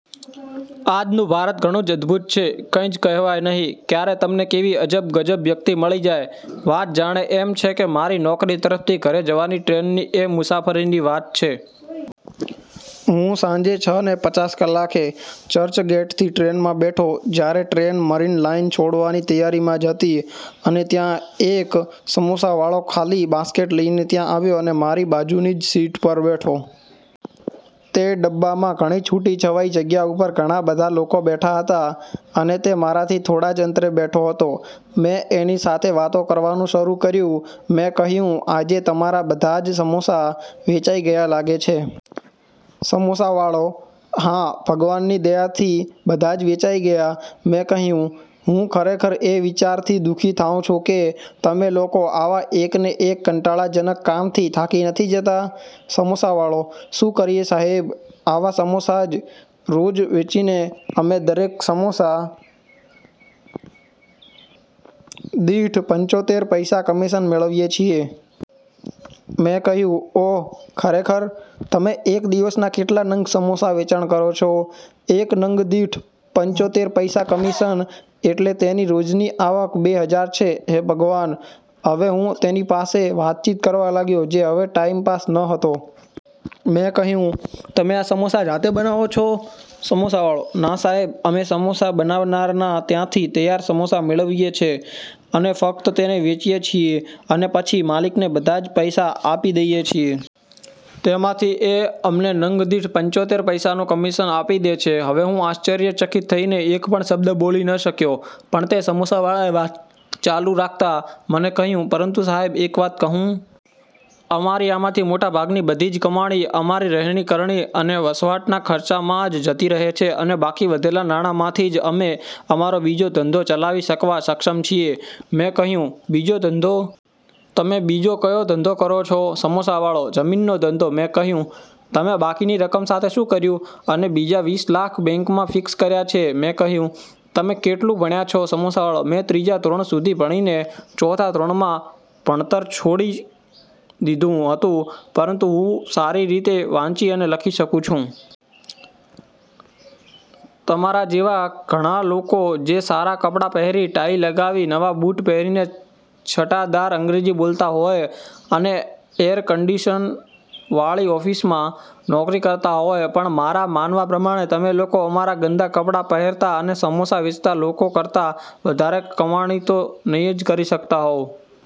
આજનું ભારત ઘણું જ અદભુત છે. કંઈ જ કહેવાય નહિ, ક્યારે તમને કેવી અજબ ગજબ વ્યક્તિ મળી જાય. વાત જાણે એમ છે કે, મારી નોકરી તરફથી ઘરે જવાની ટ્રેનની એ મુસાફરીની વાત છે. હું સાંજે છ ને પચાસ કલાકે ચર્ચગેટથી ટ્રેનમાં બેઠો, જ્યારે ટ્રેન મરીન લાઇન છોડવાની તૈયારીમાં જ હતી અને ત્યાં એક સમોસાવાળૉ ખાલી બાસ્કેટ લઇને ત્યાં આવ્યો અને મારી બાજુની જ સીટ પર બેઠો. તે ડબ્બામાં ઘણી છુટી છવાઈ જગ્યા ઉપર ઘણાં બધા લોકો બેઠા હતા. અને તે મારાથી થોડા જ અંતરે બેઠો હતો. મેં એની સાથે વાતો કરવાનું શરૂ કર્યુ. મેં કહ્યુ, "આજે તમારા બધા જ સમોસા વેચાઇ ગયા લાગે છે. સમોસાવાળૉ: હા ભગવાનની દયાથી બધાજ વેચાઈ ગયા. મેં કહ્યુ: હું ખરેખર એ વિચારથી દુ:ખી થાવ છું કે, તમેં લોકો આવા એકને એક કંટાળાજનક કામથી થાકી નથી જતા? સમોસાવાળો: શુ કરીએ સાહેબ? આવા સમોસા જ રોજ વેચીને અમેં દરેક સમોસા દીઠ પંચોતેર પૈસા કમીશન મેંળવીએ છે. મેં કહ્યુ: ઓહ્!! ખરેખર? તમેં એક દીવસના કેટલા નંગ સમોસા વેચાણ કરો છો? એક નંગદીઠ પંચોતેર પૈસા કમીશન એટલે તેની રોજની આવક બે હજાર છે. હે ભગવાન! હવે હું તેની પાસે વાતચીત કરવા લાગ્યો, જે હવે ટાઇમપાસ ન હતો. મેં કહ્યુ: તમેં આ સમોસા જાતે બનાવો છો? સમોસાવાળો: ના સાહેબ, અમેં સમોસા બનાવનારનાં ત્યાંથી તૈયાર સમોસા મેંળવીએ છે અને ફક્ત તેને વેચીએ છીએ અને પછી માલિકને બધા જ પૈસા આપી દઈએ છે. તેમાંથી એ અમને નંગ દીઠ પંચોતેર પૈસાનું કમીશન આપી દે છે. હવે હું આશ્ચ્રર્યચકિત થઈને એક પણ શબ્દ બોલી ન શક્યો, પણ તે સમોસાવાળાએ વાત ચાલુ રાખતા મને કહ્યુ "પરંતુ સાહેબ એક વાત કહું? અમારી આમાંથી મોટા ભાગની બધી જ કમાણી અમારી રહેણીકરણી અને વસવાટના ખર્ચામાં જ જતી રહે છે અને બાકી વધેલા નાણાંમાંથી જ અમેં અમારો બીજો ધંધો ચલાવી શકવા સક્ષમ છીએ. મેં કહ્યુ: બીજો ધંધો? તમેં બીજો કયો ધંધો કરો છો? સમોસાવાળો: જમીનનો ધંધો. મેં કહ્યુ: તમેં બાકીની રકમ સાથે શું કર્યું? અને બીજા વીસ લાખ બેન્કમાં ફીક્સ કર્યા છે. મેં કહ્યુ: તમે કેટલુ ભણ્યા છો? સમોસાવાળો: મેં ત્રીજા ધોરણ સુધી ભણીને ચોથા ધોરણમાં ભણતર છોડી દીધુ હતું, પરંતુ હું સારી રીતે વાંચી અને લખી શકુ છું. તમારા જેવા ઘણા લોકો જે સારા કપડા પહેરી ટાઈ લગાવી, નવા બુટ પહેરીને છટાદાર અંગ્રેજી બોલતા હોય અને એર કંડીશનવાળી ઓફીસોમાં નોકરી કરતા હોય છે, પણ મારા માનવા પ્રમાણે તમે લોકો અમારા ગંદા કપડા પહેરતા અને સમોસા વેચતા લોકો કરતા વધારે કમાણી તો નઈં જ કરી શકતા હોવ.